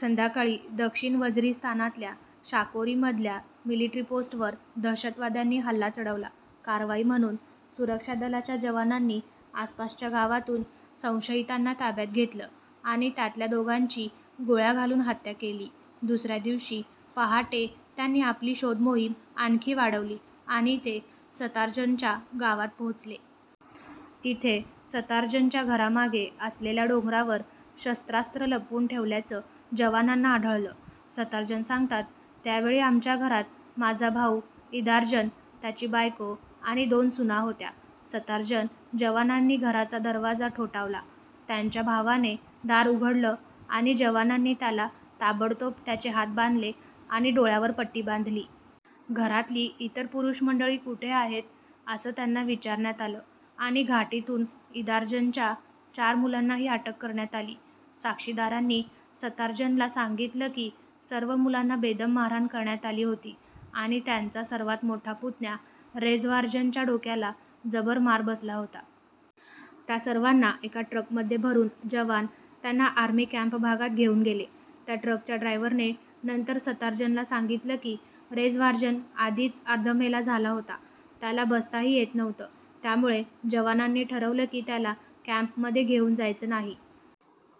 संध्याकाळी दक्षिण वझिरीस्तानातल्या शाकोरीमधल्या मिलिट्री पोस्टवर दहशतवाद्यांनी हल्ला चढवला. कारवाई म्हणून सुरक्षा दलाच्या जवानांनी आसपासच्या गावातून संशयितांना ताब्यात घेतलं आणि त्यातल्या दोघांची गोळ्या घालून हत्या केली. दुसऱ्या दिवशी पहाटे त्यांनी आपली शोध मोहीम आणखी वाढवली आणि ते सतार्जनच्या गावात पोचले. तिथे सतार्जनच्या घरामागे असलेल्या डोंगरावर शस्त्रास्त्र लपवून ठेवल्याचं जवानांना आढळलं. सतार्जन सांगतात, त्यावेळी आमच्या घरात माझा भाऊ इदार्जन, त्याची बायको आणि दोन सुना होत्या. सतार्जन जवानांनी घराचा दरवाजा ठोठावला. त्यांच्या भावाने दार उघडलं आणि जवानांनी त्याला ताबडतोब त्याचे हात बांधले आणि डोळ्यावर पट्टी बांधली. घरातली इतर पुरूष मंडळी कुठे आहेत, असं त्यांना विचारण्यात आलं आणि घाटीतून इदार्जनच्या चार मुलांनाही अटक करण्यात आली. साक्षीदारांनी सतार्जनला सांगितलं की सर्व मुलांना बेदम मारहाण करण्यात आली होती आणि त्यांचा सर्वात मोठा पुतण्या रेझवार्जनच्या डोक्याला जबर मार बसला होता. त्या सर्वांना एका ट्रकमध्ये भरून जवान त्यांना आर्मी कॅम्प भागात घेऊन गेले. त्या ट्रकच्या ड्रायव्हरने नंतर सतार्जनला सांगितलं की रेझवार्जन आधीच अर्धमेला झाला होता. त्याला बसताही येत नव्हतं. त्यामुळे जवानांनी ठरवलं की त्याला कॅम्पमध्ये घेऊन जायचं नाही.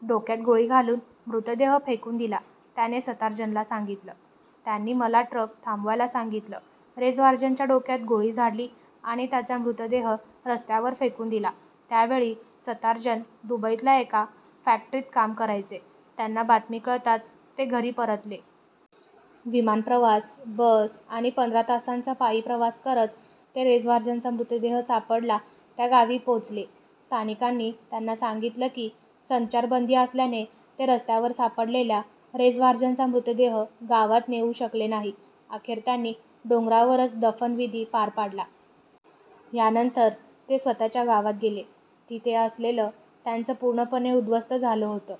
डोक्यात गोळी घालून मृतदेह फेकून दिला त्याने सतार्जनला सांगितलं, त्यांनी मला ट्रक थांबवायला सांगितलं. रेझवार्जनच्या डोक्यात गोळी झाडली आणि त्याचा मृतदेह रस्त्यावर फेकून दिला. त्यावेळी सतार्जन दुबईतल्या एका फॅक्ट्रीत काम करायचे. त्यांना बातमी कळताच ते घरी परतले. विमानप्रवास, बस आणि पंधरा तासांचा पायी प्रवास करत ते रेझवार्जनचा मृतदेह सापडला त्या गावी पोचले. स्थानिकांनी त्यांना सांगितलं की संचारबंदी असल्याने ते रस्त्यावर सापडलेला रेझवार्जनचा मृतदेह गावात नेऊ शकले नाही. अखेर त्यांनी डोंगरावरच दफनविधी पार पाडला. यानंतर ते स्वतःच्या गावात गेले. तिथे असलेलं त्यांचं पूर्णपणे उद्ध्वस्त झालं होतं.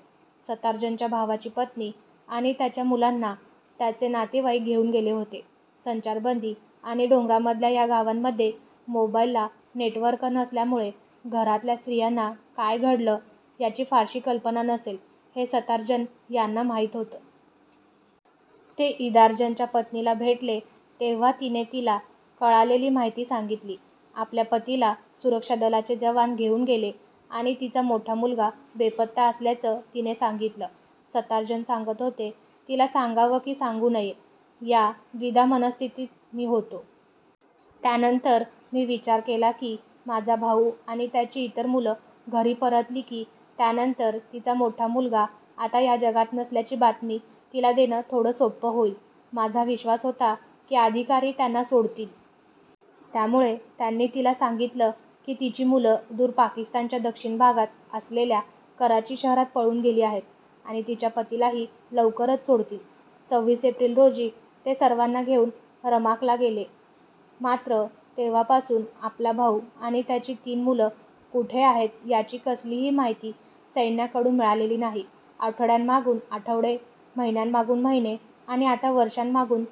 सतार्जनच्या भावाची पत्नी आणि त्याच्या मुलांना त्याचे नातेवाईक घेऊन गेले होते. संचारबंदी आणि डोंगरांमधल्या या गावांमध्ये मोबाईलला नेटवर्क नसल्यामुळे घरातल्या स्त्रियांना काय घडलं, याची फारशी कल्पना नसेल, हे सतार्जन यांना माहिती होतं. ते इदार्जनच्या पत्नीला भेटले तेव्हा तिने तिला कळालेली माहिती सांगितली. आपल्या पतीला सुरक्षा दलाचे जवान घेऊन गेले आणि तिचा मोठा मुलगा बेपत्ता असल्याचं तिने सांगितलं. सतार्जन सांगत होते, तिला सांगावं की सांगू नये, या द्विधा मनःस्थितीत मी होतो. त्यानंतर मी विचार केला की माझा भाऊ आणि त्याची इतर मुलं घरी परतली की त्यानंतर तिचा मोठा मुलगा आता या जगात नसल्याची बातमी तिला देणं थोडं सोपं होईल. माझा विश्वास होता की अधिकारी त्यांना सोडतील. त्यामुळे त्यांनी तिला सांगितलं की तिची मुलं दूर पाकिस्तानच्या दक्षिण भागात असलेल्या कराची शहरात पळून गेली आहेत आणि तिच्या पतीलाही लवकरच सोडतील. सव्वीस एप्रिल रोजी ते सर्वांना घेऊन रमाकला गेले. मात्र, तेव्हापासून आपला भाऊ आणि त्याची तीन मुलं कुठे आहेत, याची कसलीही माहिती सैन्याकडून मिळालेली नाही. आठवड्यांमागून आठवडे, महिन्यांमागून महिने आणि आता वर्षांमागून